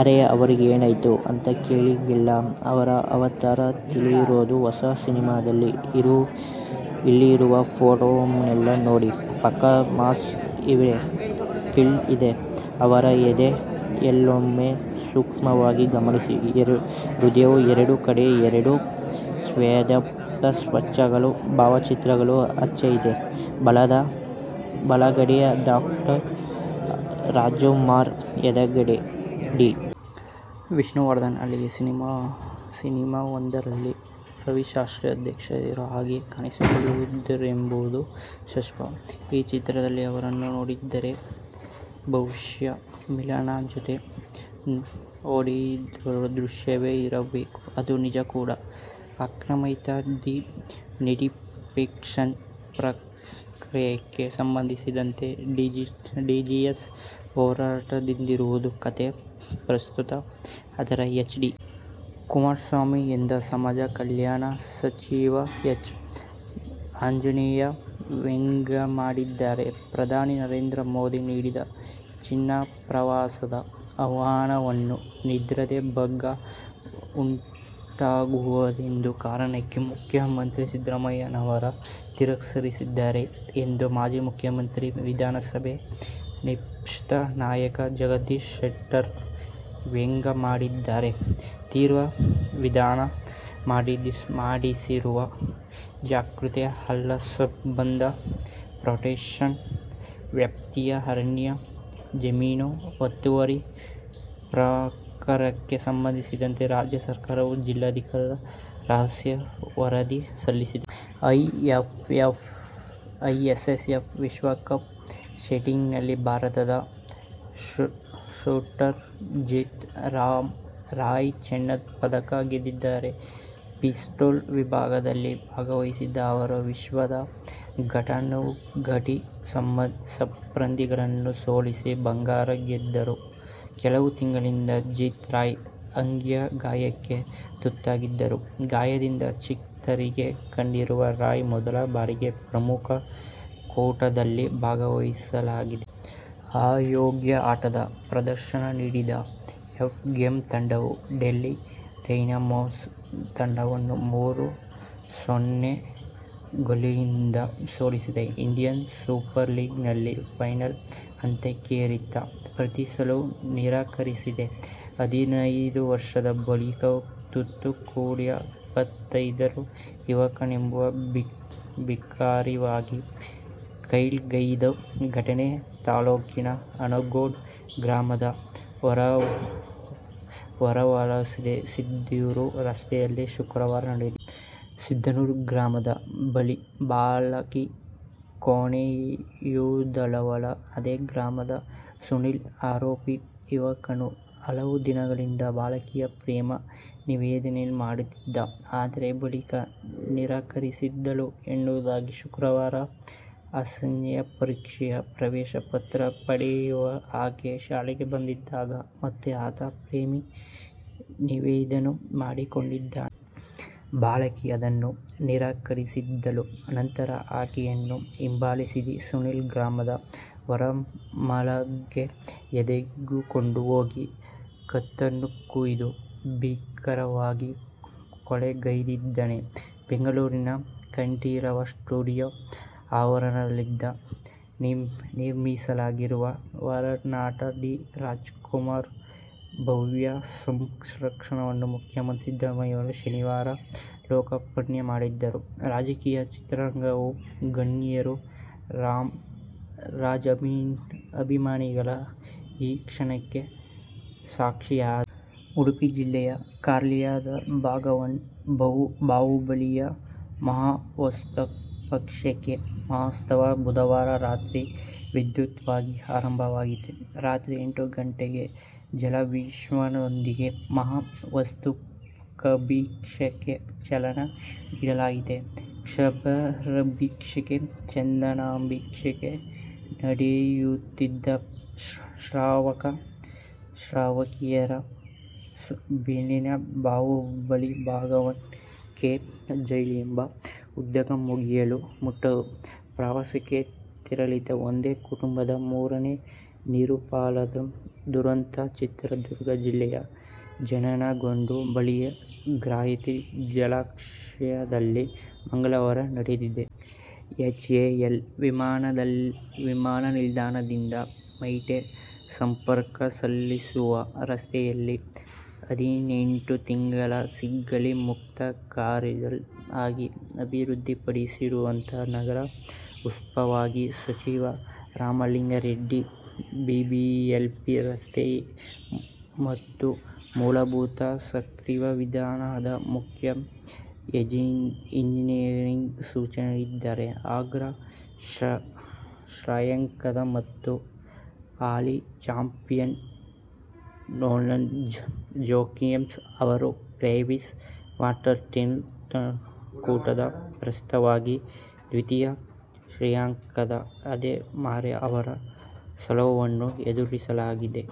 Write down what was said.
ಅರೇ, ಅವರಿಗೇನಾಯ್ತು ಅಂತ ಕೇಳಂಗಿಲ್ಲ. ಅವರು ಅವತಾರ ತಾಳಿರೋದು ಹೊಸ ಸಿನಿಮಾದಲ್ಲಿ. ಇಲ್ಲಿರುವ ಫೋಟೋವನ್ನೊಮ್ಮೆ ನೋಡಿ. ಪಕ್ಕಾ ಮಾಸ್ ಹೀರೋ ಫೀಲ್ ಇದೆ. ಅವರ ಎದೆಯನ್ನೊಮ್ಮೆ ಸೂಕ್ಷ್ಮವಾಗಿ ಗಮನಿಸಿ, ಹೃದಯದ ಎರಡೂ ಕಡೆ ಎರಡು ಸ್ಯಾಂಡಲ್ವುಡ್ ಸ್ಟಾರ್ಗಳ ಭಾವಚಿತ್ರವುಳ್ಳ ಹಚ್ಚೆ ಇದೆ. ಬಲಗಡೆ ಡಾ. ರಾಜ್ಕುಮಾರ್, ಎಡಗಡೆ ಡಾ. ವಿಷ್ಣುವರ್ಧನ್. ಅಲ್ಲಿಗೆ ಸಿನಿಮಾವೊಂದರಲ್ಲಿ ರವಿಶಂಕರ್ಗೌಡ ಆ್ಯಕ್ಷನ್ ಹೀರೋ ಆಗಿ ಕಾಣಿಸಿಕೊಳ್ಳುತ್ತಿದ್ದಾರೆಂಬುದು ಸ್ಪಷ್ಟ. ಈ ಚಿತ್ರದಲ್ಲಿ ಅವರನ್ನು ನೋಡಿದರೆ, ಬಹುಶಃ ವಿಲನ್ಗಳ ಜತೆ ಹೊಡೆದಾಡುವ ದೃಶ್ಯವೇ ಇರಬೇಕು. ಅದು ನಿಜ ಕೂಡ. ಅರ್ಕಾವತಿ ಡಿ-ನೋಟಿಫಿಕೇಷನ್ ಪ್ರಕರಣಕ್ಕೆ ಸಂಬಂಧಿಸಿದಂತೆ ಜೆಡಿಎಸ್ ಹೊರತಂದಿರುವುದು ಕಥೆ ಪುಸ್ತಕ. ಅದರ ಎಚ್. ಡಿ. ಕುಮಾರಸ್ವಾಮಿ ಎಂದು ಸಮಾಜ ಕಲ್ಯಾಣ ಸಚಿವ ಎಚ್. ಆಂಜನೇಯ ವ್ಯಂಗ್ಯವಾಡಿದ್ದಾರೆ. ಪ್ರಧಾನಿ ನರೇಂದ್ರ ಮೋದಿ ನೀಡಿದ ಚೀನಾ ಪ್ರವಾಸದ ಆಹ್ವಾನವನ್ನು ನಿದ್ರೆಗೆ ಭಂಗ ಉಂಟಾಗುವುದೆಂಬ ಕಾರಣಕ್ಕೆ ಮುಖ್ಯಮಂತ್ರಿ ಸಿದ್ದರಾಮಯ್ಯನವರು ತಿರಸ್ಕರಿಸಿದರು ಎಂದು ಮಾಜಿ ಮುಖ್ಯಮಂತ್ರಿ, ವಿಧಾನಸಭೆ ವಿಪಕ್ಷ ನಾಯಕ ಜಗದೀಶ ಶೆಟ್ಟರ್ ವ್ಯಂಗ್ಯವಾಡಿದ್ದಾರೆ. ತೀವ್ರ ವಿವಾದ ಮೂಡಿಸಿರುವ ಜಕ್ಕೂರು-ಅಲ್ಲಾಳಸಂದ್ರ ಪ್ಲಾಂಟೇಷನ್ ವ್ಯಾಪ್ತಿಯ ಅರಣ್ಯ ಜಮೀನು ಒತ್ತುವರಿ ಪ್ರಕರಣಕ್ಕೆ ಸಂಬಂಧಿಸಿದಂತೆ ರಾಜ್ಯ ಸರ್ಕಾರಕ್ಕೆ ಜಿಲ್ಲಾಡಳಿತ ರಹಸ್ಯ ವರದಿ ಸಲ್ಲಿಸಿದೆ. ಐಎಸ್ಎಸ್ಎಫ್ ವಿಶ್ವಕಪ್ ಶೂಟಿಂಗ್ನಲ್ಲಿ ಭಾರತದ ಶೂಟರ್ ಜಿತು ರಾಯ್ ಚಿನ್ನದ ಪದಕ ಗೆದ್ದಿದ್ದಾರೆ. ಪಿಸ್ತೂಲ್ ವಿಭಾಗದಲ್ಲಿ ಭಾಗವಹಿಸಿದ ಅವರು ವಿಶ್ವದ ಘಟಾನುಘಟಿ ಸ್ಪರ್ಧಿಗಳನ್ನು ಸೋಲಿಸಿ ಬಂಗಾರ ಗೆದ್ದರು. ಕೆಲವು ತಿಂಗಳಿಂದ ಜಿತು ರಾಯ್ ಅಂಗೈ ಗಾಯಕ್ಕೆ ತುತ್ತಾಗಿದ್ದರು. ಗಾಯದಿಂದ ಚೇತರಿಕೆ ಕಂಡಿರುವ ರಾಯ್ ಮೊದಲ ಬಾರಿಗೆ ಪ್ರಮುಖ ಕೂಟದಲ್ಲಿ ಭಾಗವಹಿಸಿದ್ದಾರೆ. ಅಮೋಘ ಆಟದ ಪ್ರದರ್ಶನ ನೀಡಿದ ಎಫ್ಸಿ ಗೋವಾ ತಂಡವು ಡೆಲ್ಲಿ ಡೈನಮೋಸ್ ತಂಡವನ್ನು ಮೂರು-ಸೊನ್ನೆ ಗೋಲುಗಳಿಂದ ಸೋಲಿಸಿ ಇಂಡಿಯನ್ ಸೂಪರ್ ಲೀಗ್ ನ ಫೈನಲ್ ಹಂತಕ್ಕೇರಿತು. ಪ್ರೀತಿಸಲು ನಿರಾಕರಿಸಿದ ಹದಿನಾರು ವರ್ಷದ ಬಾಲಕಿಯ ಕತ್ತು ಕೊಯ್ದು ಇಪ್ಪತ್ತೈದರ ಯುವಕನೊಬ್ಬ ಭೀಕರವಾಗಿ ಕೊಲೆಗೈದ ಘಟನೆ ತಾಲೂಕಿನ ಆನಗೋಡು ಗ್ರಾಮದ ಹೊರವಲಯದ ಸಿದ್ಧನೂರು ರಸ್ತೆಯಲ್ಲಿ ಶುಕ್ರವಾರ ನಡೆದಿದೆ. ಸಿದ್ಧನೂರು ಗ್ರಾಮದ ಬಾಲಕಿ ಕೊಲೆಯಾದವಳು. ಇದೇ ಗ್ರಾಮದ ಸುನೀಲ್ ಆರೋಪಿ. ಯುವಕನು ಹಲವು ದಿನಗಳಿಂದ ಬಾಲಕಿಗೆ ಪ್ರೇಮ ನಿವೇದನೆ ಮಾಡುತ್ತಿದ್ದ. ಆದರೆ ಬಾಲಕಿ ನಿರಾಕರಿಸಿದ್ದಳು ಎನ್ನಲಾಗಿದೆ. ಶುಕ್ರವಾರ ಎಸ್ಸೆಸ್ಸೆಲ್ಸಿ ಪರೀಕ್ಷೆಯ ಪ್ರವೇಶ ಪತ್ರ ಪಡೆಯಲು ಆಕೆ ಶಾಲೆಗೆ ಬಂದಿದ್ದಾಗ ಮತ್ತೆ ಆತ ಪ್ರೇಮ ನಿವೇದನೆ ಮಾಡಿಕೊಂಡಿದ್ದಾನೆ. ಬಾಲಕಿ ಅದನ್ನು ನಿರಾಕರಿಸಿದ್ದಳು. ನಂತರ ಆಕೆಯನ್ನು ಹಿಂಬಾಲಿಸಿದ ಸುನೀಲ್ ಗ್ರಾಮದ ಹೊರವಲಯಕ್ಕೆ ಎಳೆದುಕೊಂಡು ಹೋಗಿ ಕತ್ತನ್ನು ಕೊಯ್ದು ಭೀಕರವಾಗಿ ಕೊಲೆಗೈದಿದ್ದಾನೆ. ಬೆಂಗಳೂರಿನ ಕಂಠೀರವ ಸ್ಟುಡಿಯೋ ಆವರಣದಲ್ಲಿ ನಿರ್ಮಿಸಲಾಗಿರುವ ವರನಟ ಡಾ ರಾಜ್ ಕುಮಾರ್ ಭವ್ಯ ಸ್ಮಾರಕವನ್ನು ಮುಖ್ಯಮಂತ್ರಿ ಸಿದ್ದರಾಮಯ್ಯ ಶನಿವಾರ ಲೋಕಾರ್ಪಣೆ ಮಾಡಿದರು. ರಾಜಕೀಯ, ಚಿತ್ರರಂಗಗಳ ಗಣ್ಯರು, ರಾಜ್ ಅಭಿಮಾನಿಗಳು ಈ ಕ್ಷಣಕ್ಕೆ ಸಾಕ್ಷಿಯಾದರು. ಉಡುಪಿ ಜಿಲ್ಲೆಯ ಕಾರ್ಕಳದ ಭಗವಾನ್ ಬಾಹುಬಲಿಯ ಮಹಾಮಸ್ತಕಾಭಿಷೇಕ ಮಹೋತ್ಸವ ಬುಧವಾರ ರಾತ್ರಿ ವಿಧ್ಯುಕ್ತವಾಗಿ ಆರಂಭವಾಯಿತು. ರಾತ್ರಿ ಎಂಟು ಗಂಟೆಗೆ ಜಲಾಭಿಷೇಕದೊಂದಿಗೆ ಮಹಾಮಸ್ತಕಾಭಿಷೇಕಕ್ಕೆ ಚಾಲನೆ ನೀಡಲಾಯಿತು. ಕ್ಷೀರಾಭಿಷೇಕ, ಚಂದನಾಭಿಷೇಕ ನಡೆಯುತ್ತಿದ್ದಂತೆ ಶ್ರಾವಕ, ಶ್ರಾವಕಿಯರ ಬೋಲಿಯೆ ಬಾಹುಬಲಿ ಭಗವಾನ್ ಕಿ ಜೈ ಎಂಬ ಉದ್ಘೋಷ ಮುಗಿಲು ಮುಟ್ಟಿತ್ತು. ಪ್ರವಾಸಕ್ಕೆ ತೆರಳಿದ್ದ ಒಂದೇ ಕುಟುಂಬದ ಮೂವರು ನೀರುಪಾಲಾದ ದುರಂತ ಚಿತ್ರದುರ್ಗ ಜಿಲ್ಲೆಯ ಜವನಗೊಂಡ ಬಳಿಯ ಗಾಯತ್ರಿ ಜಲಾಶಯದಲ್ಲಿ ಮಂಗಳವಾರ ನಡೆದಿದೆ. ಎಚ್ಎಎಲ್ ವಿಮಾನನಿಲ್ದಾಣದಿಂದ ವೈಟ್ಫೀಲ್ಡ್ಗೆ ಸಂಪರ್ಕ ಕಲ್ಪಿಸುವ ರಸ್ತೆಯನ್ನು ಹದಿನೆಂಟು ತಿಂಗಳಲ್ಲಿ ಸಿಗ್ನಲ್ ಮುಕ್ತ ಕಾರಿಡಾರ್ ಆಗಿ ಅಭಿವೃದ್ಧಿಪಡಿಸುವಂತೆ ನಗರ ಉಸ್ತುವಾರಿ ಸಚಿವ ರಾಮಲಿಂಗಾರೆಡ್ಡಿ ಬಿಬಿಎಂಪಿ ರಸ್ತೆ ಮತ್ತು ಮೂಲಭೂತ ಸೌಕರ್ಯ ವಿಭಾಗದ ಮುಖ್ಯ ಎಂಜಿನಿಯರ್ಗೆ ಸೂಚನೆ ನೀಡಿದ್ದಾರೆ. ಅಗ್ರ ಶ್ರೇಯಾಂಕದ ಮತ್ತು ಹಾಲಿ ಚಾಂಪಿಯನ್ ನೊವಾಕ್ ಜೊಕೋವಿಕ್ ಅವರು ಪ್ಯಾರಿಸ್ ಮಾಸ್ಟರ್ ಟೆನಿಸ್ ಕೂಟದ ಪ್ರಶಸ್ತಿಗಾಗಿ ದ್ವಿತೀಯ ಶ್ರೇಯಾಂಕದ ಆ್ಯಂಡಿ ಮರ್ರೆ ಅವರ ಸವಾಲನ್ನು ಎದುರಿಸಲಿದ್ದಾರೆ.